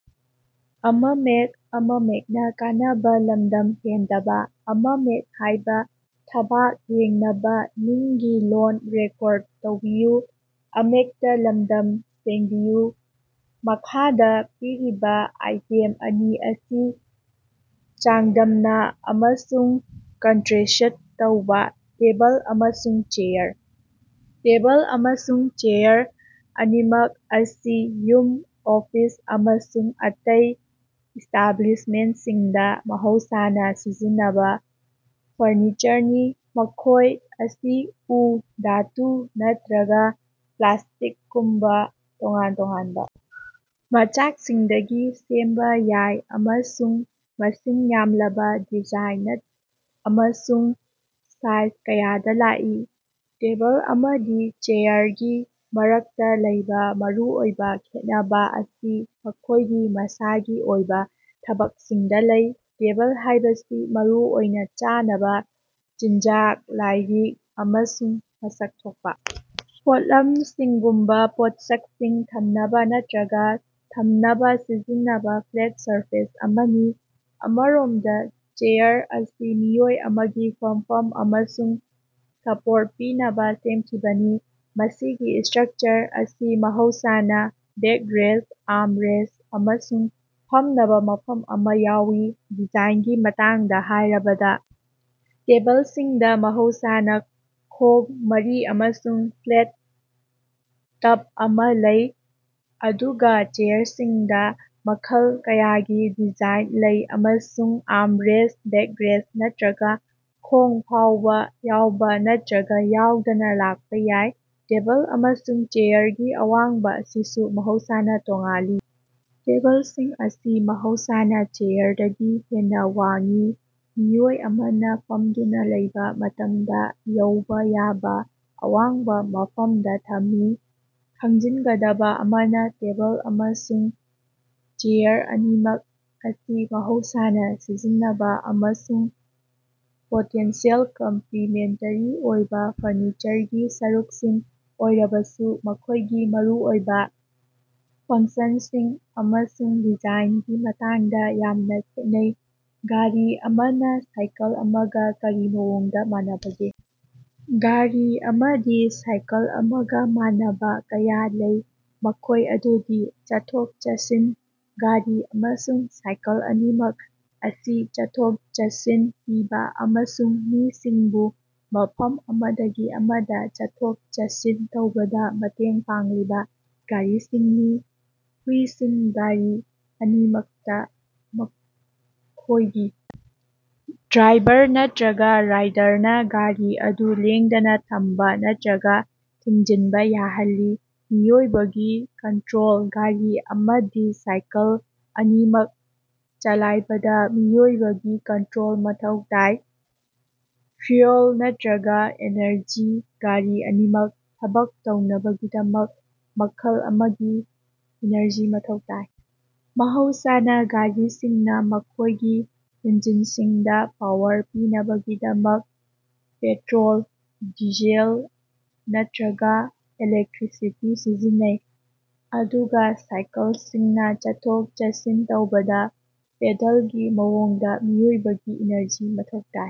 ꯃꯈꯥꯗ ꯄꯤꯔꯤꯕ ꯑꯥꯏꯇꯦꯝ ꯑꯅꯤ ꯑꯁꯤ ꯆꯥꯡꯗꯝꯅ ꯑꯃꯁꯨꯡ ꯀꯟꯇꯔꯦꯁ꯭ꯠ ꯇꯧꯕ꯫ ꯇꯦꯕꯜ ꯑꯃꯁꯨꯡ ꯆꯦꯌꯥꯔ꯫ ꯇꯦꯕꯜ ꯑꯃꯁꯨꯡ ꯆꯦꯌꯥꯔ ꯑꯅꯤꯃꯛ ꯑꯁꯤ ꯌꯨꯝ, ꯑꯣꯐꯤꯁ ꯑꯃꯁꯨꯡ ꯑꯇꯩ ꯏꯁ꯭ꯇꯥꯕ꯭ꯂꯤꯁꯃꯦꯟꯁꯤꯡꯗ ꯃꯍꯧꯁꯥꯅ ꯁꯤꯖꯤꯟꯅꯕ ꯐꯔꯅꯤꯆꯔꯅꯤ꯫ ꯃꯈꯣꯏ ꯑꯁꯤ ꯎ, ꯙꯥꯇꯨ, ꯅꯠꯇ꯭ꯔꯒ ꯄ꯭ꯂꯥꯁꯇꯤꯛꯒꯨꯝꯕ ꯇꯣꯉꯥꯟ ꯇꯣꯉꯥꯟꯕ ꯃꯆꯥꯛꯁꯤꯡꯗꯒꯤ ꯁꯦꯝꯕ ꯌꯥꯏ ꯑꯃꯁꯨꯡ ꯃꯁꯤꯡ ꯌꯥꯝꯂꯕ ꯗꯤꯖꯥꯏꯟ ꯑꯃꯁꯨꯡ ꯁꯥꯏꯖ ꯀꯌꯥꯗ ꯂꯥꯛꯏ꯫ ꯇꯦꯕꯜ ꯑꯃꯗꯤ ꯆꯦꯌꯥꯔꯒꯤ ꯃꯔꯛꯇ ꯂꯩꯕ ꯃꯔꯨꯑꯣꯏꯕ ꯈꯦꯠꯅꯕ ꯑꯁꯤ ꯃꯈꯣꯏꯒꯤ ꯃꯁꯥꯒꯤ ꯑꯣꯏꯕ ꯊꯕꯛꯁꯤꯡꯗ ꯂꯩ꯫ ꯇꯦꯕꯜ ꯍꯥꯏꯕꯁꯤ ꯃꯔꯨꯑꯣꯏꯅ ꯆꯥꯅꯕ ꯆꯤꯟꯖꯥꯛ, ꯂꯥꯏꯔꯤꯛ, ꯑꯃꯁꯨꯡ ꯃꯁꯛ ꯊꯣꯛꯄ ꯄꯣꯠꯂꯝꯁꯤꯡꯒꯨꯝꯕ ꯄꯣꯠꯁꯛꯁꯤꯡ ꯊꯝꯅꯕ ꯅꯠꯇꯔꯒ ꯊꯝꯅꯕ ꯁꯤꯖꯤꯟꯅꯕ ꯐ꯭ꯂꯦꯠ ꯁꯔꯐꯦꯁ ꯑꯃꯅꯤ꯫ ꯑꯃꯔꯣꯝꯗ, ꯆꯦꯌꯥꯔ ꯑꯁꯤ ꯃꯤꯑꯣꯏ ꯑꯃꯒꯤ ꯐꯝꯐꯝ ꯑꯃꯁꯨꯡ ꯁꯄꯣꯔꯠ ꯄꯤꯅꯕ ꯁꯦꯝꯈꯤꯕꯅꯤ, ꯃꯁꯤꯒꯤ ꯁ꯭ꯇꯔꯛꯆꯔ ꯑꯁꯤ ꯃꯍꯧꯁꯥꯅ ꯕꯦꯛꯔꯦꯁ꯭ꯠ, ꯑꯥꯔ꯭ꯝꯔꯦꯁ꯭ꯠ ꯑꯃꯁꯨꯡ ꯐꯝꯅꯕ ꯃꯐꯝ ꯑꯃ ꯌꯥꯎꯏ꯫ ꯗꯤꯖꯥꯏꯟꯒꯤ ꯃꯇꯥꯡꯗ ꯍꯥꯏꯔꯕꯗ, ꯇꯦꯕꯜꯁꯤꯡꯗ ꯃꯍꯧꯁꯥꯅ ꯈꯣꯡ ꯃꯔꯤ ꯑꯃꯁꯨꯡ ꯐ꯭ꯂꯦꯠ ꯇꯞ ꯑꯃꯥ ꯂꯩ, ꯑꯗꯨꯒ ꯆꯦꯌꯥꯔꯁꯤꯡꯗ ꯃꯈꯜ ꯀꯌꯥꯒꯤ ꯗꯤꯖꯥꯏꯟ ꯂꯩ ꯑꯃꯁꯨꯡ ꯑꯥꯔ꯭ꯝꯔꯦꯁ꯭ꯠ, ꯕꯦꯛꯔꯦꯁ꯭ꯠ ꯅꯠꯇ꯭ꯔꯒ ꯈꯣꯡ ꯐꯥꯎꯕ ꯌꯥꯎꯕ ꯅꯠꯇ꯭ꯔꯒ ꯌꯥꯎꯗꯅ ꯂꯥꯛꯄ ꯌꯥꯏ꯫ ꯇꯦꯕꯜ ꯑꯃꯁꯨꯡ ꯆꯦꯌꯥꯔꯒꯤ ꯑꯋꯥꯡꯕ ꯑꯁꯤꯁꯨ ꯃꯍꯧꯁꯥꯅ ꯇꯣꯉꯥꯜꯂꯤ; ꯇꯦꯕꯜꯁꯤꯡ ꯑꯁꯤ ꯃꯍꯧꯁꯥꯅ ꯆꯦꯌꯥꯔꯗꯒꯤ ꯍꯦꯟꯅ ꯋꯥꯡꯏ, ꯃꯤꯑꯣꯏ ꯑꯃꯅ ꯐꯝꯗꯨꯅ ꯂꯩꯕꯥ ꯃꯇꯝꯗ ꯌꯧꯕ ꯌꯥꯕ ꯑꯋꯥꯡꯕ ꯃꯐꯝꯗ ꯊꯝꯃꯤ꯫ ꯈꯪꯖꯤꯟꯒꯗꯕ ꯑꯃꯅ, ꯇꯦꯕꯜ ꯑꯃꯁꯨꯡ ꯆꯦꯌꯥꯔ ꯑꯅꯤꯃꯛ ꯑꯁꯤ ꯃꯍꯧꯁꯥꯅ ꯁꯤꯖꯤꯟꯅꯕ ꯑꯃꯁꯨꯡ ꯄꯣꯇꯦꯟꯁꯤꯑꯦꯜ ꯀꯝꯄꯂꯤꯃꯦꯟꯇꯦꯔꯤ ꯑꯣꯏꯕ ꯐꯔꯅꯤꯆꯔꯒꯤ ꯁꯔꯨꯛꯁꯤꯡ ꯑꯣꯏꯔꯕꯁꯨ, ꯃꯈꯣꯏꯒꯤ ꯃꯔꯨꯑꯣꯏꯕ ꯐꯪꯁꯟꯁꯤꯡ ꯑꯃꯁꯨꯡ ꯗꯤꯖꯥꯏꯟꯒꯤ ꯃꯇꯥꯡꯗ ꯌꯥꯝꯅ ꯈꯦꯠꯅꯩ꯫ ꯒꯥꯔꯤ ꯑꯃꯅ ꯁꯥꯏꯀꯜ ꯑꯃꯒ ꯀꯔꯤ ꯃꯑꯣꯡꯗ ꯃꯥꯟꯅꯕꯒꯦ? ꯒꯥꯔꯤ ꯑꯃꯗꯤ ꯁꯥꯏꯀꯜ ꯑꯃꯒ ꯃꯥꯟꯅꯕ ꯀꯌꯥ ꯂꯩ, ꯃꯈꯣꯏ ꯑꯗꯨꯗꯤ: ꯆꯠꯊꯣꯛ-ꯆꯠꯁꯤꯟ: ꯒꯥꯔꯤ ꯑꯃꯁꯨꯡ ꯁꯥꯏꯀꯜ ꯑꯅꯤꯃꯛ ꯑꯁꯤ ꯆꯠꯊꯣꯛ ꯆꯠꯁꯤꯟ ꯄꯤꯕ ꯑꯃꯁꯨꯡ ꯃꯤꯁꯤꯡꯕꯨ ꯃꯐꯝ ꯑꯃꯗꯒꯤ ꯑꯃꯗ ꯆꯠꯊꯣꯛ ꯆꯠꯁꯤꯟ ꯇꯧꯕꯗ ꯃꯇꯦꯡ ꯄꯥꯡꯂꯤꯕ ꯒꯥꯔꯤꯁꯤꯡꯅꯤ꯫ ꯍꯨꯏꯁꯤꯡ: ꯒꯥꯔꯤ ꯑꯅꯤꯃꯛꯇ ꯃꯈꯣꯏꯒꯤ ꯗ꯭ꯔꯥꯏꯚꯔ ꯅꯠꯇꯔꯒ ꯔꯥꯏꯗꯔꯅ ꯒꯥꯔꯤ ꯑꯗꯨ ꯂꯦꯡꯗꯅ ꯊꯝꯕ ꯅꯠꯇꯔꯒ ꯊꯤꯡꯖꯤꯟꯕ ꯌꯥꯍꯜꯂꯤ꯫ ꯃꯤꯑꯣꯏꯕꯒꯤ ꯀꯟꯇ꯭ꯔꯣꯜ: ꯒꯥꯔꯤ ꯑꯃꯗꯤ ꯁꯥꯏꯀꯜ ꯑꯅꯤꯃꯛ ꯆꯂꯥꯏꯕꯗ ꯃꯤꯑꯣꯏꯕꯒꯤ ꯀꯟꯇꯔꯣꯜ ꯃꯊꯧ ꯇꯥꯏ꯫ ꯐ꯭ꯌꯨꯑꯦꯜ ꯅꯠꯇꯔꯒ ꯑꯦꯅꯔꯖꯤ: ꯒꯥꯔꯤ ꯑꯅꯤꯃꯛ ꯊꯕꯛ ꯇꯧꯅꯕꯒꯤꯗꯃꯛ ꯃꯈꯜ ꯑꯃꯒꯤ ꯏꯅꯔꯖꯤ ꯃꯊꯧ ꯇꯥꯏ꯫ ꯃꯍꯧꯁꯥꯅ ꯒꯥꯔꯤꯁꯤꯡꯅ ꯃꯈꯣꯏꯒꯤ ꯏꯟꯖꯤꯟꯁꯤꯡꯗ ꯄꯥꯋꯔ ꯄꯤꯅꯕꯒꯤꯗꯃꯛ ꯄꯦꯇꯔꯣꯜ, ꯗꯤꯖꯦꯜ ꯅꯠꯇꯔꯒ ꯏꯂꯦꯛꯇ꯭ꯔꯤꯁꯤꯇꯤ ꯁꯤꯖꯤꯟꯅꯩ, ꯑꯗꯨꯒ ꯁꯥꯏꯀꯜꯁꯤꯡꯅ ꯆꯠꯊꯣꯛ-ꯆꯠꯁꯤꯟ ꯇꯧꯕꯗ ꯄꯦꯗꯜꯒꯤ ꯃꯑꯣꯡꯗ ꯃꯤꯑꯣꯏꯕꯒꯤ ꯏꯅꯔꯖꯤ ꯃꯊꯧ ꯇꯥꯏ꯫